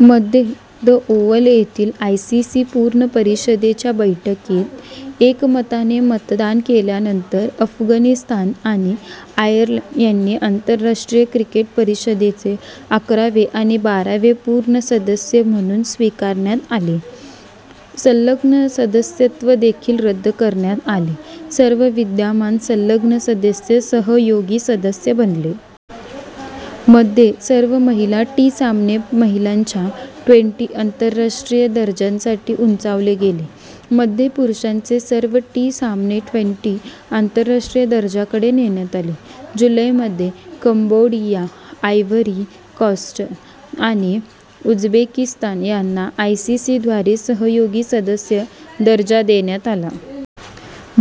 मध्ये, the Oval येथील ICC पूर्ण परिषदेच्या बैठकीत एकमताने मतदान केल्यानंतर अफगाणिस्तान आणि आयर्लंड यांना आंतरराष्ट्रीय क्रिकेट परिषदेचे अकरावे आणि बारावे पूर्ण सदस्य म्हणून स्वीकारण्यात आले. संलग्न सदस्यत्व देखील रद्द करण्यात आले, सर्व विद्यमान संलग्न सदस्य सहयोगी सदस्य बनले. मध्ये, सर्व महिला टी- सामने महिलांच्या ट्वेंटी- आंतरराष्ट्रीय दर्जासाठी उंचावले गेले. मध्ये, पुरुषांचे सर्व टी- सामने ट्वेन्टी- आंतरराष्ट्रीय दर्जाकडे नेण्यात आले. जुलै मध्ये, कंबोडिया, आयव्हरी कोस्ट, आणि उझबेकिस्तान यांना आयसीसीद्वारे सहयोगी सदस्य दर्जा देण्यात आला.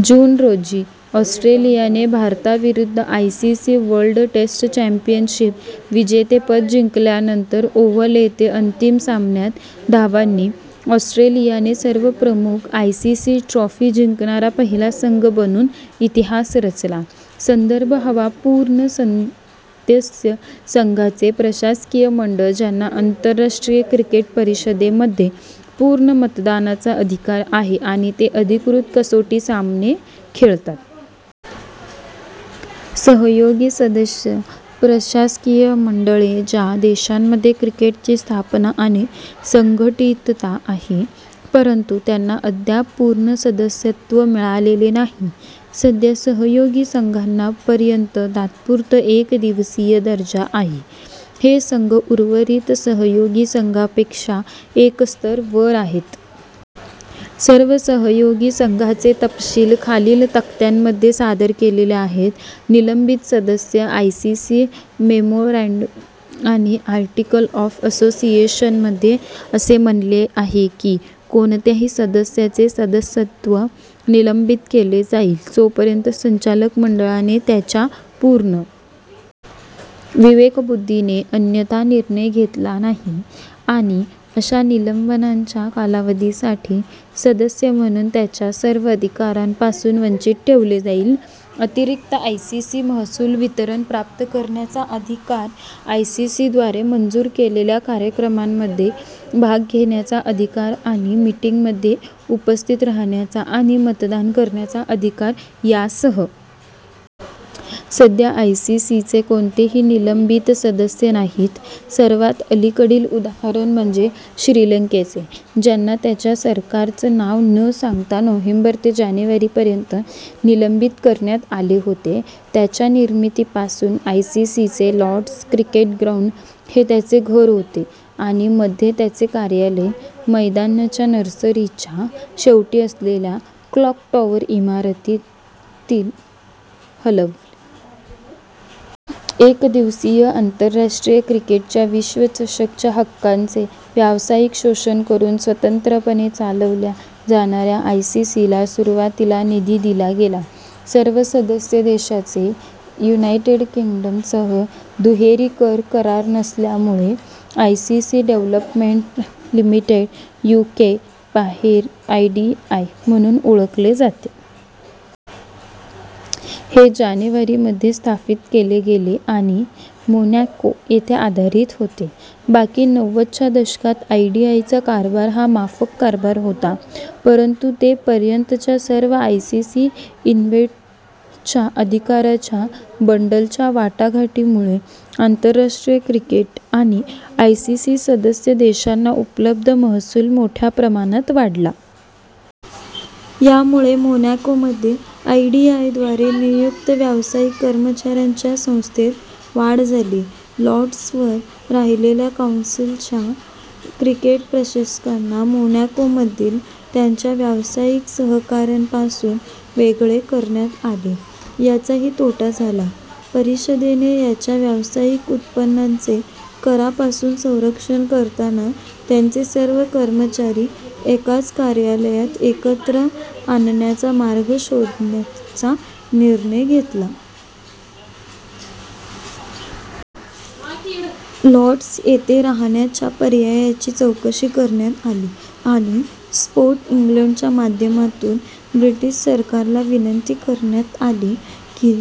जून रोजी, ऑस्ट्रेलियाने भारताविरुद्ध आयसीसी वर्ल्ड टेस्ट चॅम्पियनशिप विजेतेपद जिंकल्यानंतर, ओव्हल येथे अंतिम सामन्यात धावांनी, ऑस्ट्रेलियाने सर्व प्रमुख आयसीसीट्रॉफी जिंकणारा पहिला संघ बनून इतिहास रचला. संदर्भ हवा पूर्ण सदस्य – संघांचे प्रशासकीय मंडळ ज्यांना आंतरराष्ट्रीय क्रिकेट परिषदेमध्ये पूर्ण मतदानाचा अधिकार आहे आणि ते अधिकृत कसोटी सामने खेळतात. सहयोगी सदस्य – प्रशासकीय मंडळे ज्या देशांमध्ये क्रिकेटची स्थापना आणि संघटितता आहे, परंतु त्यांना अद्याप पूर्ण सदस्यत्व मिळालेले नाही. सध्या, सहयोगी संघांना पर्यंत तात्पुरता एकदिवसीय दर्जा आहे. हे संघ उर्वरित सहयोगी संघांपेक्षा एक स्तर वर आहेत. सर्व सहयोगी संघांचे तपशील खालील तक्त्यामध्ये सादर केले आहेत: निलंबित सदस्य – आयसीसी मेमोरँडम आणि आर्टिकल ऑफ असोसिएशनमध्ये असे म्हणले आहे की "कोणत्याही सदस्याचे सदस्यत्व निलंबित केले जाईल, जोपर्यंत संचालक मंडळाने त्याच्या पूर्ण विवेकबुद्धीने अन्यथा निर्णय घेतला नाही, आणि अशा निलंबनाच्या कालावधीसाठी, सदस्य म्हणून त्याच्या सर्व अधिकारांपासून वंचित ठेवले जाईल, अतिरिक्त आयसीसी महसूल वितरण प्राप्त करण्याचा अधिकार, आयसीसी द्वारे मंजूर केलेल्या कार्यक्रमांमध्ये भाग घेण्याचा अधिकार आणि मीटिंगमध्ये उपस्थित राहण्याचा आणि मतदान करण्याचा अधिकार यासह. सध्या आयसीसीचे कोणतेही निलंबित सदस्य नाहीत, सर्वात अलीकडील उदाहरण म्हणजे श्रीलंकेचे, ज्यांना त्यांच्या सरकारच्या नाव न सांगता नोव्हेंबर ते जानेवारी पर्यंत निलंबित करण्यात आले होते. त्याच्या निर्मितीपासून, आयसीसीचे लॉर्ड्स क्रिकेट ग्राउंड हे त्याचे घर होते आणि मध्ये त्याचे कार्यालय मैदानाच्या नर्सरीच्या शेवटी असलेल्या "क्लॉक टॉवर" इमारतीत हलवले. एकदिवसीय आंतरराष्ट्रीय क्रिकेटच्या विश्वचषकाच्या हक्कांचे व्यावसायिक शोषण करून स्वतंत्रपणे चालवल्या जाणाऱ्या आयसीसीला सुरुवातीला निधी दिला गेला. सर्व सदस्य देशांचे युनायटेड किंगडमसोबत दुहेरी-कर करार नसल्यामुळे, आयसीसी डेव्हलपमेंट प्रा. लि, यूके बाहेर आयडीआय म्हणून ओळखले जाते. हे जानेवारी मध्ये स्थापित केले गेले आणि मोनॅको येथे आधारित होते. बाकी नव्वदच्या दशकात आयडीआयचा कारभार हा माफक कारभार होता. परंतु ते पर्यंतच्या सर्व आयसीसी इव्हेंट्सच्या अधिकारांच्या बंडलच्या वाटाघाटीमुळे, आंतरराष्ट्रीय क्रिकेट आणि आयसीसी सदस्य देशांना उपलब्ध महसूल मोठ्या प्रमाणात वाढला. यामुळे मोनॅकोमध्ये आयडीआयद्वारे नियुक्त व्यावसायिक कर्मचाऱ्यांच्या संख्येत वाढ झाली. लॉर्ड्सवर राहिलेल्या कौन्सिलच्या क्रिकेट प्रशासकांना मोनॅकोमधील त्यांच्या व्यावसायिक सहकाऱ्यांपासून वेगळे करण्यात आले याचाही तोटा झाला. परिषदेने त्यांच्या व्यावसायिक उत्पन्नाचे करापासून संरक्षण करताना त्यांचे सर्व कर्मचारी एकाच कार्यालयात एकत्र आणण्याचे मार्ग शोधण्याचा निर्णय घेतला. लॉर्ड्स येथे राहण्याच्या पर्यायाची चौकशी करण्यात आली आणि स्पोर्ट इंग्लंडच्या माध्यमातून ब्रिटिश सरकारला विनंती करण्यात आली की,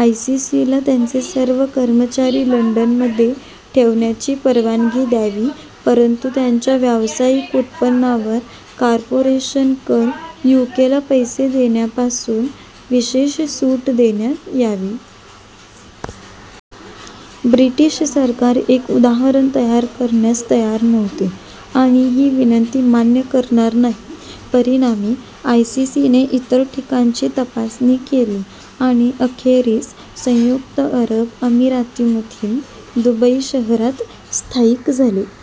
आयसीसीला त्यांचे सर्व कर्मचारी लंडनमध्ये ठेवण्याची परवानगी द्यावी परंतु त्याच्या व्यावसायिक उत्पन्नावर कॉर्पोरेशन कर यूकेला पैसे देण्यापासून विशेष सूट देण्यात यावी. ब्रिटिश सरकार एक उदाहरण तयार करण्यास तयार नव्हते आणि ही विनंती मान्य करणार नाही. परिणामी, आयसीसीने इतर ठिकाणांची तपासणी केली आणि अखेरीस संयुक्त अरब अमिरातीमधील दुबई शहरात स्थायिक झाले.